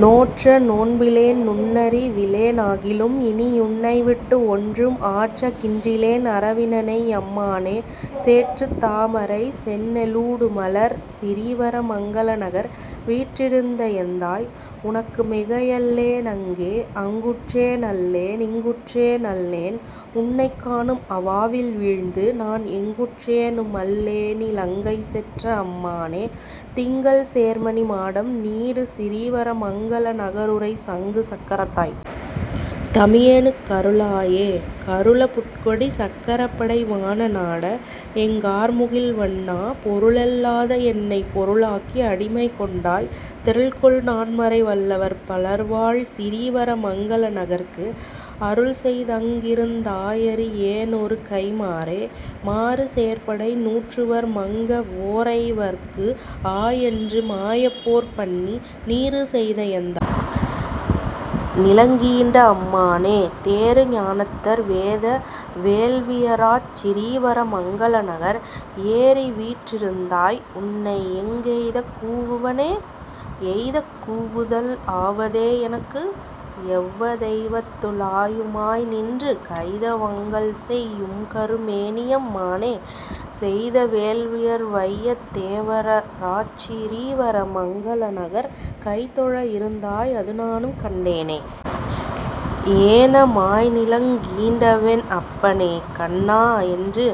நோற்ற நோன்பிலேன் நுண்ணறி விலேனாகிலும் இனி யுன்னைவிட்டு, ஒன்றும் ஆற்ற கின்றிலேன் அரவினணை யம்மானே, சேற்றுத் தாமரை செந்நெ லூடுமலர் சிரீவர மங்கலநகர், வீற்றிருந்த எந்தாய். உனக்கு மிகையல்லே னங்கே.. அங்குற்றே னல்லே னிங்குற்றே னல்லேன் உன்னைக் காணும் அவாவில் வீழ்ந்து, நான் எங்குற் றேனுமல் லேனிலங்கைசெற்ற அம்மானே, திங்கள் சேர்மணி மாடம் நீடு சிரீவர மங்கல நகருறை, சங்கு சக்கரத் தாய். தமி யேனுக் கருளாயே.. கருள புட்கொடி சக்க ரப்படை வான நாட. எங் கார்முகில் வண்ணா, பொருளல் லாத என்னைப் பொருளாக்கி அடிமை கொண்டாய், தெருள்கொள் நான்மறை வல்லவர் பலர்வாழ் சிரீவர மங்கலநகர்க்கு, அருள்செய்தங்கிருந் தாயறி யேனொரு கைம்மாறே.. மாறு சேர்படை நூற்றுவர் மங்க வோரைவர்க்கு ஆயன்று மாயப்போர் பண்ணி, நீறு செய்த எந்தாய். நிலங்கீண்ட அம்மானே, தேறு ஞானத்தர் வேத வேள்வியறாச் சிரீவர மங்கலநகர், ஏறிவீற் றிருந்தாய். உன்னை எங்கெய்தக் கூவுவனே?. எய்தக் கூவுதல் ஆவதே எனக்கு? எவ்வதெய் வத்து ளாயுமாய் நின்று, கைத வங்கள்செய் யும்கரு மேனியம் மானே, செய்த வேள்வியர் வையத் தேவரறாச் சிரீவர மங்கலநகர், கைத்தொழ இருந்தாய் அதுநானும் கண்டேனே.. ஏன மாய்நிலங் கீண்டவென் அப்பனே. கண்ணா. என்று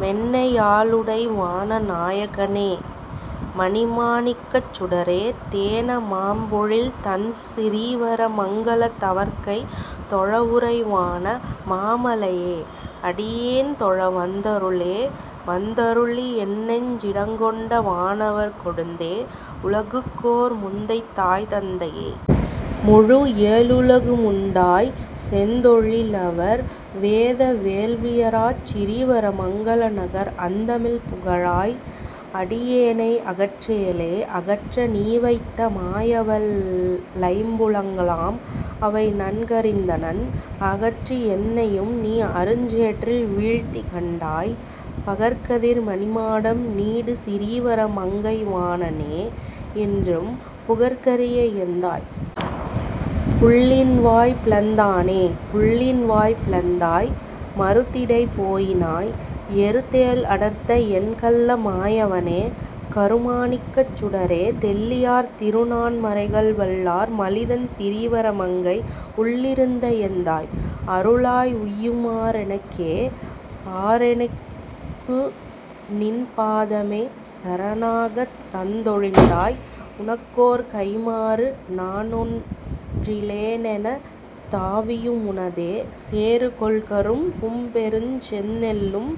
மென்னை யாளுடை, வானநா யகனே. மணிமா ணிக்கச் சுடரே, தேன மாம்பொழில் தண்சிரீ வரமங்கலத் தவர்க்கை தொழவுறை வான மாமலை யே. அடி யேன்தொழ வந்தருளே.. வந்தருளி யென்னெஞ் சிடங்கொண்ட வானவர் கொழுந்தே, உலகுக்கோர் முந்தைத் தாய்தந்தை யே. முழு ஏழுலகு முண்டாய், செந்தொ ழிலவர் வேத வேள்வியறாச் சிரீவர மங்கலநகர், அந்தமில் புகழாய். அடியேனை அகற்றேலே.. அகற்ற நீவைத்த மாயவல் லைம்புலங்களாம் அவை நன்கறிந்தனன், அகற்றி என்னையும் நீஅருஞ் சேற்றில் வீழ்த்தி கண்டாய், பகற்கதிர் மணிமாடம் நீடு சிரீவர மங்கை வாணனே, என்றும் புகற்கரிய எந்தாய். புள்ளின்வாய் பிளந்தானே.. புள்ளின்வாய் பிளந்தாய். மருதிடை போயினாய். எருதேழ் அடர்த்த, என் கள்ள மாயவனே. கருமாணிக்கச் சுடரே, தெள்ளியார் திருநான் மறைகள் வல்லார் மலிதண் சிரீவர மங்கை, உள்ளிருந்த எந்தாய். அருளாய் உய்யுமா றெனக்கே.. ஆறெ னக்குநின் பாதமே சரணாகத் தந்தொழிந்தாய், உனக் கோர் கைம் மாறு நானொன் றிலேனென தாவியு முனதே, சேரு கொள்கரும் பும்பெருஞ் செந்நெல்லும்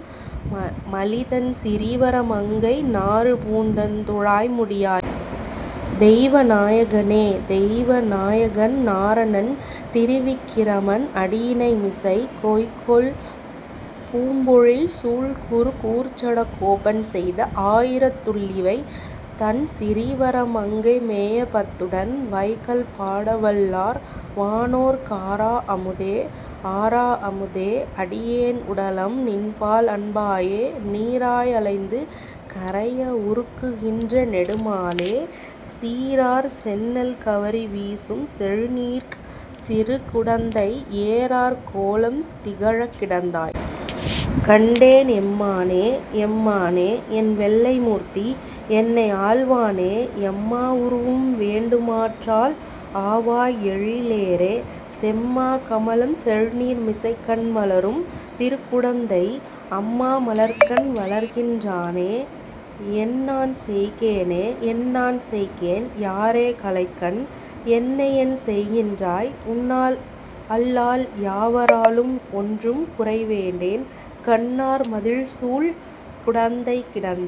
மலிதண் சிரீவர மங்கை நாறு பூந்தண் துழாய்முடி யாய். தெய்வ நாயகனே. தெய்வ நாயகன் நாரணன் திரிவிக்கிரமன் அடியிணைமிசை, கொய்கொள் பூம்பொழில் சூழ்குரு கூர்ச்சட கோபன் செய்த ஆயிரத் துள்ளிவை தண்சிரீ வரமங்கை மேய பத்துடன், வைகல் பாட வல்லார் வானோர்க் காரா அமுதே. ஆரா அமுதே. அடியேன் உடலம் நின்பால் அன்பாயே, நீராய் அலைந்து கரைய வுருக்குகின்ற நெடுமாலே, சீரார் செந்நெல் கவரி வீசும் செழுநீர்க் திருகுடந்தை, ஏரார் கோலம் திகழக் கிடந்தாய். கண்டேன் எம்மானே.. எம்மா னே. என் வெள்ளை மூர்த்தி. என்னை ஆள்வானே, எம்மா வுருவும் வேண்டு மாற்றால் ஆவாய் எழிலேறே, செம்மா கமலம் செழுநீர் மிசைக்கண்மலரும் திருக்குடந்தை, அம்மா மலர்க்கண் வளர்கின் றானே. என்நான் செய்கேனே.. என்நான் செய்கேன். யாரே களைகண்? என்னையென் செய்கின்றாய்? உன்னால் அல்லால் யாவ ராலும் ஒன்றும் குறைவேண்டேன், கன்னார் மதிள்சூழ் குடந்தைக் கிடந்தாய்.